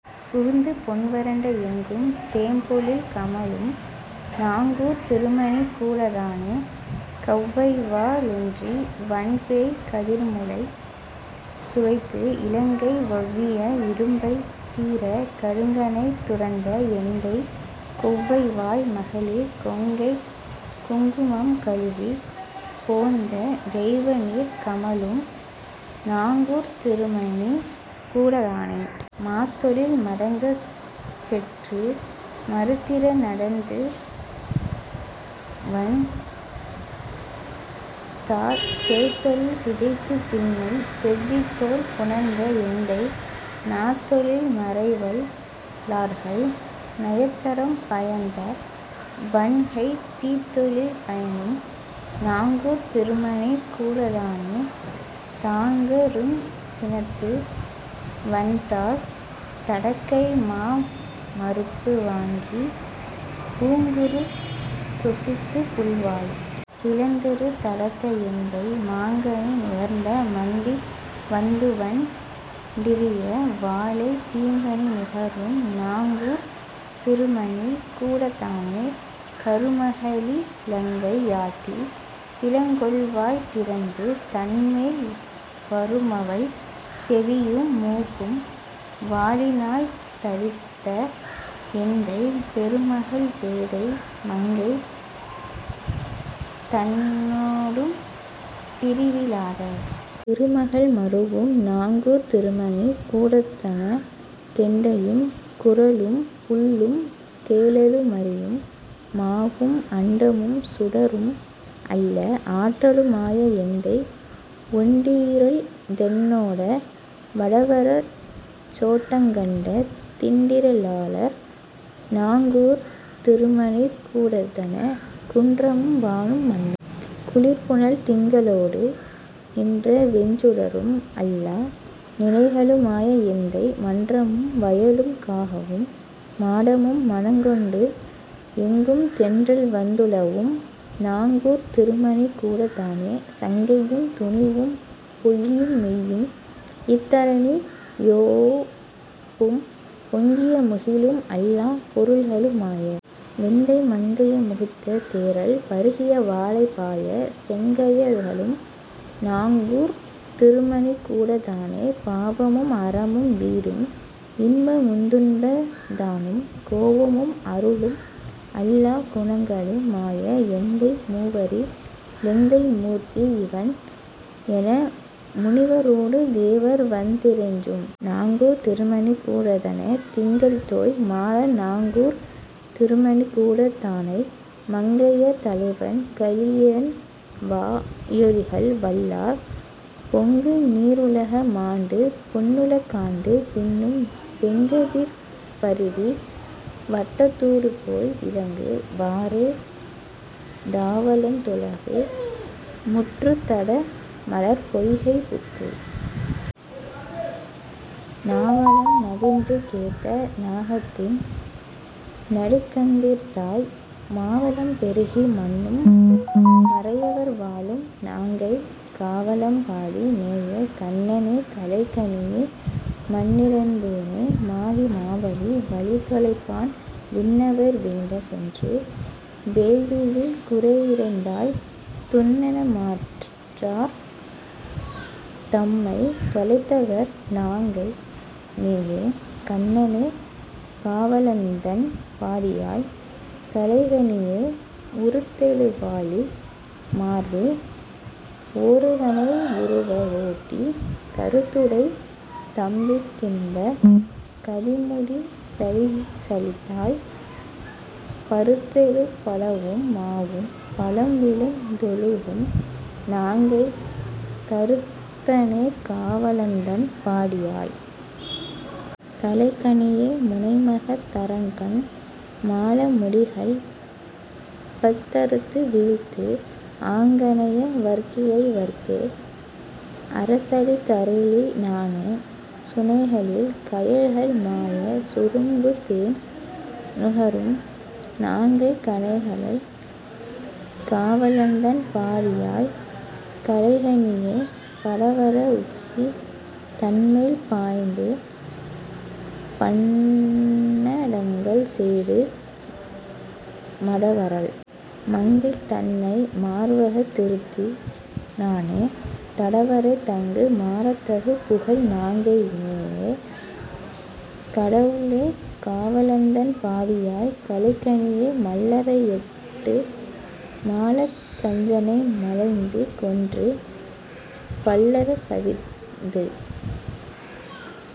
புகுந்துபொன் வரண்ட, எங்கும் தேம்பொழில் கமழும் நாங்கூர்த் திருமணிக் கூடத் தானே கவ்வைவா ளெயிற்று வன்பேய்க் கதிர்முலை சுவைத்து, இ லங்கை வவ்விய இடும்பை தீரக் கடுங்கணை துரந்த எந்தை, கொவ்வைவாய் மகளிர் கொங்கைக் குங்குமம் கழுவிப் போந்த, தெய்வநீர் கமழும் நாங்கூர்த் திருமணிக் கூடத் தானே மாத்தொழில் மடங்கக் செற்று மறுதிற நடந்து வன்தாள் சேத்தொழில் சிதைத்துப் பின்னை செவ்வித்தோள் புணர்ந்த எந்தை, நாத்தொழில் மறைவல் லார்கள் நயந்தறம் பயந்த வண்கைத் தீத்தொழில் பயிலும் நாங்கூர்த் திருமணிக் கூடத் தானே தாங்கருஞ் சினத்து வன்தாள் தடக்கைமா மருப்பு வாங்கி, பூங்குருந் தொசித்துப் புள்வாய் பிளந்தெரு தடர்த்த எந்தை, மாங்கனி நுகர்ந்த மந்தி வந்துவண் டிரிய வாழைத் தீங்கனி நுகரும் நாங்கூர்த் திருமணிக் கூடத் தானே கருமக ளிலங்கை யாட்டி பிலங்கொள்வாய் திறந்து தன்மேல் வருமவள் செவியும் மூக்கும் வாளினால் தடிந்த எந்தை, பெருமகள் பேதை மங்கை தன்னொடும் பிரிவி லாத, திருமகள் மருவும் நாங்கூர்த் திருமணிக் கூடத் தனே கெண்டையும் குறளும் புள்ளும் கேழலு மரியும் மாவும், அண்டமும் சுடரும் அல்ல ஆற்றலு மாய எந்தை, ஓண்டிறல் தென்ன னோட வடவர சோட்டங் கண்ட, திண்டிற லாளர் நாங்கூர்த் திருமணிக் கூடத் தனே குன்றமும் வானும் மண்ணும் குளிர்புனல் திங்க ளோடு, நின்றவெஞ் சுடரும் அல்லா நிலைகளு மாய எந்தை, மன்றமும் வயலும் காவும் மாடமும் மணங்கொண்டு, எங்கும் தென்றல்வந் துலவும் நாங்கூர்த் திருமணிக் கூடத் தானே சங்கையும் துணிவும் பொய்யும் மெய்யும் இத் தரணி யோம்பும், பொங்கிய முகிலும் அல்லாப் பொருள்களு மாய வெந்தை, பங்கய முகுத்த தேறல் பருகிய வாளை பாய, செங்கய லுகளும் நாங்கூர்த் திருமணிக் கூடத் தானே பாவமும் அறமும் வீடும் இன்பமுந் துன்பந் தானும் கோவமும் அருளும் அல்லாக் குணங்களு மாய எந்தை, மூவரி லெங்கள் மூர்த்தி இவன், என முனிவரோடு, தேவர்வந் திறைஞ்சும் நாங்கூர்த் திருமணிக் கூடத் தனே திங்கள்தோய் மாட நாங்கூர்த் திருமணிக் கூடத் தானை மங்கையர் தலைவன் கலியன்வா யொலிகள் வல்லார், பொங்குநீ ருலக மாண்டு பொன்னுல காண்டு, பின்னும் வெங்கதிர்ப் பரிதி வட்டத் தூடுபோய் விளங்கு வாரே தாவளந் துலக முற்றும் தடமலர்ப் பொய்கை புக்கு, நாவளம் நவின்றிங் கேத்த நாகத்தின் நடுக்கந்தீர்த்தாய், மாவளம் பெருகி மன்னும் மறையவர் வாழும் நாங்கைக், காவளம் பாடி மேய கண்ணனே களைகணீயே மண்ணிடந் தேன மாகி மாவலி வலிதொ லைப்பான், விண்ணவர் வேண்டச் சென்று வேள்வியில் குறையி ரந்தாய் துண்ணென மாற்றார் தம்மைத் தொலைத்தவர் நாங்கை மேய, கண்ணனே காவ ளந்தண் பாடியாய் களைக ணீயே உருத்தெழு வாலி மார்வில் ஓருகணை யுருவ வோட்டி, கருத்துடைத் தம்பிக் கின்பக் கதிமுடி யரசளித்தாய், பருத்தெழு பலவும் மாவும் பழம்விழுந் தொழுகும் நாங்கைக் கருத்தனே காவ ளந்தண் பாடியாய். களைக ணீயே முனைமகத் தரக்கன் மாள முடிகள்பத் தறுத்து வீழ்த்து, ஆங் கனையவற் கிளைய வற்கே அரசளித் தருளி னானே, சுனைகளில் கயல்கள் பாயச் சுரும்புதேன் நுகரும் நாங்கைக், கனைகழல் காவ ளந்தண் பாடியாய். களைக ணீயே படவர வுச்சி தன்மேல் பாய்ந்துபன்னடங்கள் செய்து, மடவரல் மங்கை தன்னை மார்வகத் திருத்தி னானே, தடவரை தங்கு மாடத் தகுபுகழ் நாங்கை மேய, கடவுளே காவ ளந்தண் பாடியாய் களைக ணீயே மல்லரை யட்டு மாளக் கஞ்சனை மலைந்து கொன்று, பல்லர சவிந்து